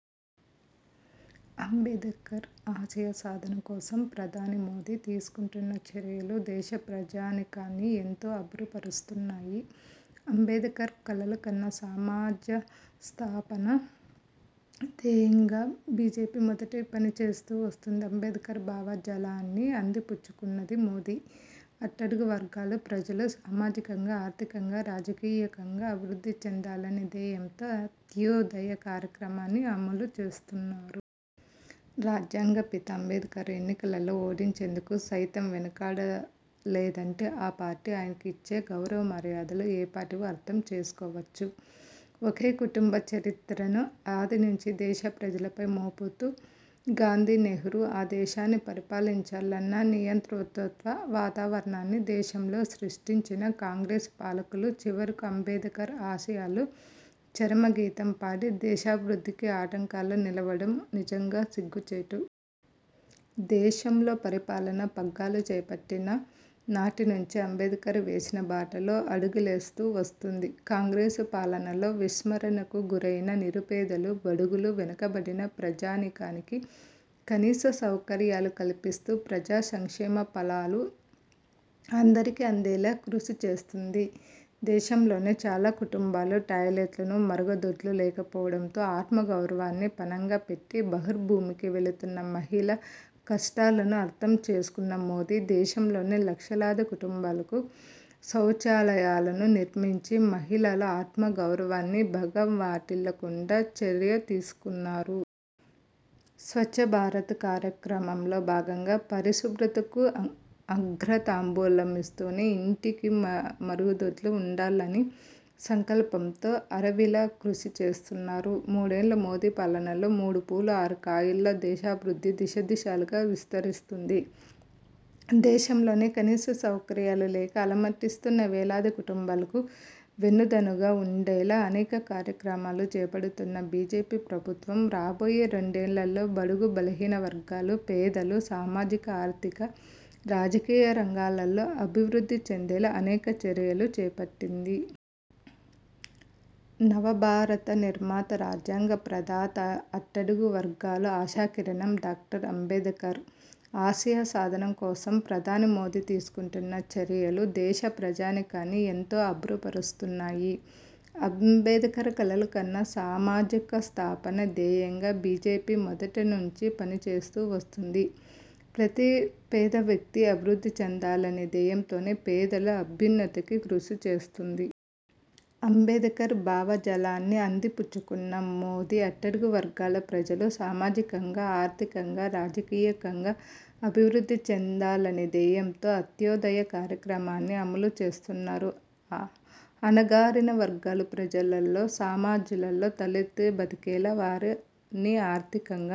అంబేడ్కర్ ఆశయ సాధన కోసం ప్రధాని మోదీ తీసుకుంటున్న చర్యలు దేశ ప్రజానీకాన్ని ఎంతో అబ్బురపరుస్తున్నాయి. అంబేడ్కర్ కలలుకన్న సమాజ స్థాపన ధ్యేయంగా బీజేపీ మొదటి నుంచీ పనిచేస్తూ వస్తోంది. అంబేడ్కర్ భావజాలాన్ని అందిపుచ్చుకున్న మోదీ, అట్టడుగు వర్గాల ప్రజలు సామాజికంగా, ఆర్థికంగా, రాజకీయంగా అభివృద్ధి చెందాలనే ధ్యేయంతో అంత్యోదయ కార్యక్రమాన్ని అమలు చేస్తున్నారు. రాజ్యాంగ పిత అంబేడ్కర్ను ఎన్నికల్లో ఓడించేందుకు సైతం వెనుకాడలేదంటే, ఆ పార్టీ ఆయనకు ఇచ్చిన గౌరవ మర్యాదలు ఏపాటివో అర్థం చేసుకోవచ్చు. ఒకే కుటుంబ చరిత్రను ఆది నుంచి దేశ ప్రజలపై మోపుతూ గాంధీ, నెహ్రూ ఈ దేశాన్ని పాలించాలన్న నియంతృత్వ వాతావరణాన్ని దేశంలో సృష్టించిన కాంగ్రెస్ పాలకులు, చివరకు అంబేడ్కర్ ఆశయాలకు చరమగీతం పాడి దేశాభివృద్ధికి ఆటంకాలుగా నిలవడం నిజంగా సిగ్గుచేటు. దేశంలో పరిపాలన పగ్గాలు చేపట్టిన నాటినుంచే అంబేడ్కర్ వేసిన బాటలో అడుగులేస్తూ వస్తోంది. కాంగ్రెస్ పాలనలో విస్మరణకు గురైన నిరుపేదలు, బడుగులు, వెనుకబడిన ప్రజానీకానికి కనీస సౌకర్యాలు కల్పిస్తూ, ప్రజా సంక్షేమ ఫలాలు అందరికీ అందేలా కృషి చేస్తోంది. దేశంలోని చాలా కుటుంబాలకు టాయిలెట్లు, మరుగుదొడ్లు లేకపోవడంతో ఆత్మగౌరవాన్ని ఫణంగాపెట్టి బహిర్భూమికి వెళుతున్న మహిళల కష్టాలను అర్థం చేసుకున్న మోదీ, దేశంలోని లక్షలాది కుటుంబాలకు సౌచాలయాలను నిర్మించి మహిళల ఆత్మగౌరవానికి భగం వాటిల్లకుండా చర్య తీసుకున్నారు. స్వచ్ఛభారత్ కార్యక్రమంలో భాగంగా పరిశుభ్రతకు అగ్రతాంబూలమిస్తూనే ఇంటింటికీ మరుగుదొడ్డి ఉండాలన్న సంకల్పంతో అరవిళ కృషి చేస్తున్నారు. మూడేళ్ల మోదీ పాలనలో మూడు పూలు ఆరు కాయల్లా దేశాభివృద్ధి దశదిశలా విస్తరిస్తోంది. దేశంలో కనీస సౌకర్యాలు లేక అలమటిస్తున్న వేలాది కుటుంబాలకు వెన్నుదన్నుగా ఉండేలా అనేక కార్యక్రమాలు చేపడుతున్న బీజేపీ ప్రభుత్వం, రాబోయే రెండేళ్లలో బడుగు బలహీన వర్గాలు, పేదలు సామాజిక, ఆర్థిక, రాజకీయ రంగాలలో అభివృద్ధి చెందేలా అనేక చర్యలు చేపట్టింది. నవభారత నిర్మాత, రాజ్యాంగ ప్రధాత, అట్టడుగు వర్గాల ఆశాకిరణం డాక్టర్ అంబేడ్కర్ ఆశయ సాధన కోసం ప్రధాని మోదీ తీసుకుంటున్న చర్యలు దేశ ప్రజానీకాన్ని ఎంతో అబ్బురపరుస్తున్నాయి. అంబేడ్కర్ కలలుకన్న సమసమాజ స్థాపన ధ్యేయంగా బీజేపీ మొదటి నుంచీ పని చేస్తూ వస్తుంది. ప్రతి పేద వ్యక్తీ అభివృద్ధి చెందాలనే ధ్యేయంతో పేదల అభ్యున్నతికి కృషి చేస్తోంది. అంబేడ్కర్ భావజాలాన్ని అందిపుచ్చుకున్న మోదీ, అట్టడుగు వర్గాల ప్రజలు సామాజికంగా, ఆర్థికంగా, రాజకీయంగా అభివృద్ధి చెందాలనే ధ్యేయంతో అంత్యోదయ కార్యక్రమాన్ని అమలు చేస్తున్నారు. అణగారిన వర్గాల ప్రజలు సమాజంలో తలెత్తుకు బతికేలా వారిని ఆర్థికంగా